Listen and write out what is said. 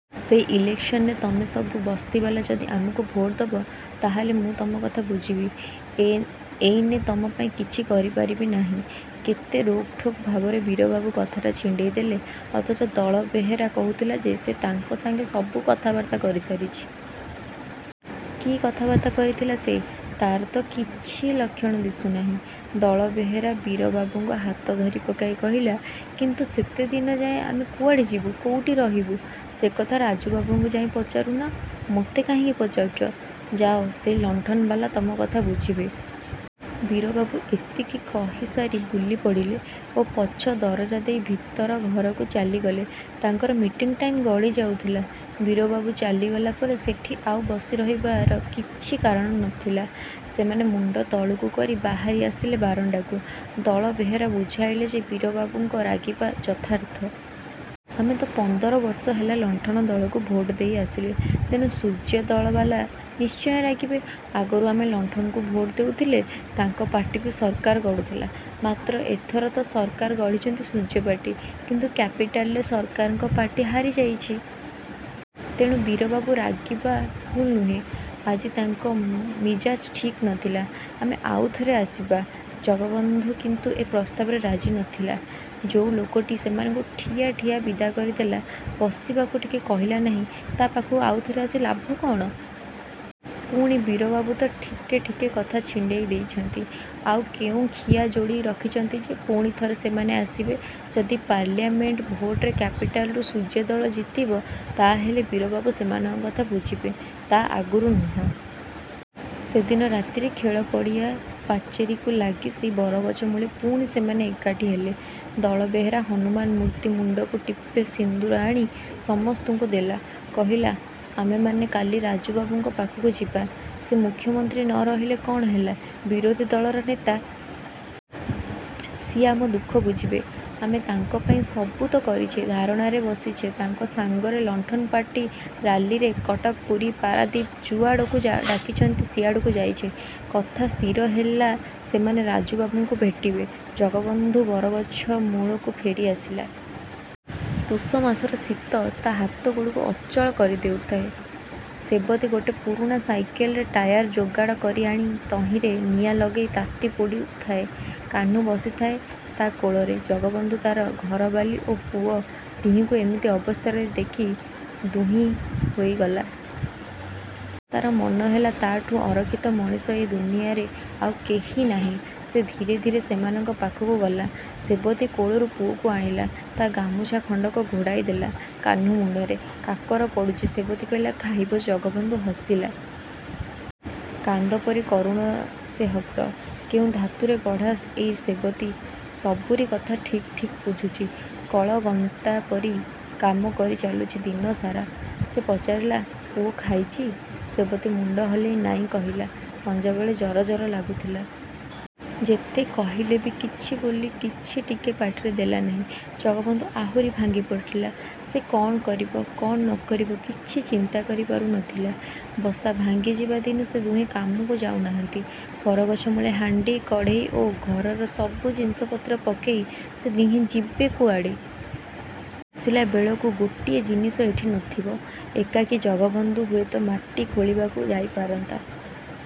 "ସେଇ ଇଲେକ୍ସନରେ ତମେ ସବୁ ବସ୍ତିବାଲା ଯଦି ଆମକୁ ଭୋଟ୍ ଦେବ, ତାହାହେଲେ ମୁଁ ତମ କଥା ବୁଝିବି। ଏଇନେ ତମ ପାଇଁ କିଛି କରିପାରିବି ନାହିଁ।" କେତେ ରୋକ୍‌ଠୋକ୍ ଭାବରେ ବୀରବାବୁ କଥାଟା ଛିଣ୍ଡେଇଦେଲେ! ଅଥଚ ଦଳବେହେରା କହୁଥିଲା ଯେ ସେ ତାଙ୍କ ସାଙ୍ଗେ ସବୁ କଥାବାର୍ତ୍ତା କରିସାରିଛି। କି କଥାବାର୍ତ୍ତା କରିଥିଲା ସେ! ତାର ତ କିଛି ଲକ୍ଷଣ ଦିଶୁନାହିଁ! ଦଳବେହେରା ବୀରବାବୁଙ୍କ ହାତ ଧରିପକେଇ କହିଲା, "କିନ୍ତୁ ସେତେଦିନ ଯାଏ ଆମେ କୁଆଡ଼େ ଯିବୁ? କୋଉଠି ରହିବୁ?" "ସେକଥା ରାଜୁବାବୁଙ୍କୁ ଯାଇ ପଚାରୁନ? ମୋତେ କାହିଁକି ପଚାରୁଛ? ଯାଅ, ସେଇ ଲଣ୍ଠନବାଲା ତମକଥା ବୁଝିବେ।" ବୀରବାବୁ ଏତିକି କହିସାରି ବୁଲିପଡ଼ିଲେ ଓ ପଛ ଦରଜା ଦେଇ ଭିତର ଘରକୁ ଚାଲିଗଲେ। ତାଙ୍କର ମିଟିଂ ଟାଇମ୍‌ ଗଡ଼ିଯାଉଥିଲା। ବୀରବାବୁ ଚାଲିଗଲା ପରେ ସେଠି ଆଉ ବସି ରହିବାର କିଛି କାରଣ ନଥିଲା। ସେମାନେ ମୁଣ୍ଡ ତଳକୁ କରି ବାହାରି ଆସିଲେ ବାରଣ୍ଡାକୁ। ଦଳବେହେରା ବୁଝେଇଲା ଯେ ବୀରବାବୁଙ୍କ ରାଗିବା ଯଥାର୍ଥ। ଆମେ ତ ପନ୍ଦର ବର୍ଷ ହେଲା ଲଣ୍ଠନ ଦଳକୁ ଭୋଟ୍ ଦେଇ ଆସିଲେ। ତେଣୁ ସୂର୍ଯ୍ୟ ଦଳବାଲା ନିଶ୍ଚୟ ରାଗିବେ। ଆଗରୁ ଆମେ ଲଣ୍ଠନକୁ ଭୋଟ୍ ଦେଉଥିଲେ, ତାଙ୍କ ପାର୍ଟି ବି ସରକାର ଗଢ଼ୁଥିଲା। ମାତ୍ର ଏଥର ତ ସରକାର ଗଢ଼ିଛନ୍ତି ସୂର୍ଯ୍ୟପାର୍ଟି। କିନ୍ତୁ କ୍ୟାପିଟାଲରେ ସରକାରଙ୍କ ପାର୍ଟି ହାରିଯାଇଛି। ତେଣୁ ବୀରବାବୁ ରାଗିବା ଭୁଲ୍ ନୁହେଁ। ଆଜି ତାଙ୍କ ମିଜାଜ୍ ଠିକ୍ ନଥିଲା। ଆମେ ଆଉଥରେ ଆସିବା। ଜଗବନ୍ଧୁ କିନ୍ତୁ ଏ ପ୍ରସ୍ତାବରେ ରାଜି ନଥିଲା। ଯୋଉ ଲୋକଟି ସେମାନଙ୍କୁ ଠିଆ ଠିଆ ବିଦା କରିଦେଲା, ବସିବାକୁ ଟିକେ କହିଲା ନାହିଁ, ତା ପାଖକୁ ଆଉଥରେ ଆସି ଲାଭ କଣ? ପୁଣି ବୀରବାବୁ ତ ଠିକେ ଠିକେ କଥା ଛିଣ୍ଡେଇ ଦେଇଛନ୍ତି। ଆଉ କେଉଁ ଖିଅ ଯୋଡ଼ି ରଖିଛନ୍ତି ଯେ ପୁଣି ଥରେ ସେମାନେ ଆସିବେ? ଯଦି ପାର୍ଲାମେଣ୍ଟ ଭୋଟରେ କ୍ୟାପିଟାଲ୍‌ରୁ ସୂର୍ଯ୍ୟ ଦଳ ଜିତିବ ତାହାହେଲେ ବୀରବାବୁ ସେମାନଙ୍କ କଥା ବୁଝିବେ। ତା ଆଗରୁ ନୁହେଁ। ସେଦିନ ରାତିରେ ଖେଳପଡ଼ିଆ ପାଚେରିକୁ ଲାଗି ସେଇ ବରଗଛ ମୂଳେ ପୁଣି ସେମାନେ ଏକାଠି ହେଲେ। ଦଳବେହେରା ହନୁମାନ ମୂର୍ତ୍ତି ମୁଣ୍ଡରୁ ଟିପେ ସିନ୍ଦୂର ଆଣି ସମସ୍ତଙ୍କୁ ଦେଲା। କହିଲା, "ଆମେମାନେ କାଲି ରାଜୁବାବୁଙ୍କ ପାଖକୁ ଯିବା। ସେ ମୁଖ୍ୟମନ୍ତ୍ରୀ ନ ରହିଲେ କଣ ହେଲା, ବିରୋଧୀ ଦଳର ନେତା। ସିଏ ଆମ ଦୁଃଖ ବୁଝିବେ। ଆମେ ତାଙ୍କ ପାଇଁ ସବୁ ତ କରିଛେ, ଧାରଣାରେ ବସିଛେ, ତାଙ୍କ ସାଙ୍ଗରେ ଲଣ୍ଠନ ପାର୍ଟି ରାଲିରେ କଟକ, ପୁରୀ, ପାରାଦୀପ, ଯୁଆଡ଼କୁ ଡାକିଛନ୍ତି ସିଆଡ଼କୁ ଯାଇଛେ।" କଥା ସ୍ଥିର ହେଲା ସେମାନେ ରାଜୁବାବୁଙ୍କୁ ଭେଟିବେ। ଜଗବନ୍ଧୁ ବରଗଛ ମୂଳକୁ ଫେରିଆସିଲା। ପୁଷମାସର ଶୀତ ତା ହାତଗୋଡ଼କୁ ଅଚଳ କରିଦେଉଥାଏ। ସେବତୀ ଗୋଟେ ପୁରୁଣା ସାଇକେଲ ଟାୟାର ଯୋଗାଡ଼ କରିଆଣି ତହିଁରେ ନିଆଁ ଲଗେଇ ତାତି ପୋଉଁଥାଏ। କାହ୍ନୁ ବସିଥାଏ ତା କୋଳରେ। ଜଗବନ୍ଧୁ ତାର ଘରବାଲୀ ଓ ପୁଅ ଦିହିଙ୍କୁ ଏମିତି ଅବସ୍ଥାରେ ଦେଖି ଦୁହିଁ ହୋଇଗଲା। ତାର ମନେହେଲା ତାଠୁଁ ଅରକ୍ଷିତ ମଣିଷ ଏ ଦୁନିଆରେ ଆଉ କେହି ନାହିଁ। ସେ ଧୀରେ ଧୀରେ ସେମାନଙ୍କ ପାଖକୁ ଗଲା। ସେବତୀ କୋଳରୁ ପୁଅକୁ ଆଣିଲା। ତା ଗାମୁଛା ଖଣ୍ଡକ ଘୋଡ଼େଇଦେଲା କାହ୍ନୁ ମୁଣ୍ଡରେ। କାକର ପଡ଼ୁଛି। ସେବତୀ କହିଲା, "ଖାଇବ?" ଜଗବନ୍ଧୁ ହସିଲା। କାନ୍ଦ ପରି କରୁଣ ସେ ହସ। କେଉଁ ଧାତୁରେ ଗଢ଼ା ଏଇ ସେବତୀ! ସବୁରି କଥା ଠିକ୍ ଠିକ୍ ବୁଝୁଛି। କଳଘଣ୍ଟା ପରି କାମ କରି ଚାଲୁଛି ଦିନରାତି। ସେ ପଚାରିଲା, "ପୁଅ ଖାଇଛି?" ସେବତୀ ମୁଣ୍ଡ ହଲେଇ ନାହିଁ କଲା, "ସଂଜବେଳେ ଜରଜର ଲାଗୁଥିଲା। ଯେତେ କହିଲେ ବି କିଛି ବୋଲି କିଛି ଟିକେ ପାଟିରେ ଦେଲାନାହିଁ।" ଜଗବନ୍ଧୁ ଆହୁରି ଭାଙ୍ଗିପଡ଼ିଲା। ସେ କଣ କରିବ, କଣ ନ କରିବ କିଛି ଚିନ୍ତା କରିପାରୁ ନଥିଲା। ବସା ଭାଙ୍ଗିଯିବା ଦିନୁ ସେ ଦୁହେଁ କାମକୁ ଯାଉନାହାନ୍ତି। ବରଗଛ ମୂଳେ ହାଣ୍ଡି, କଡ଼େଇ ଓ ଘରର ସବୁ ଜିନିଷପତ୍ର ପକେଇ ସେ ଦିହେଁ ଯିବେ କୁଆଡ଼େ? ଆସିଲାବେଳକୁ ଗୋଟିଏ ଜିନିଷ ଏଠି ନଥିବ। ଏକାକୀ ଜଗବନ୍ଧୁ ହୁଏତ ମାଟି ଖୋଳିବାକୁ ଯାଇପାରନ୍ତା।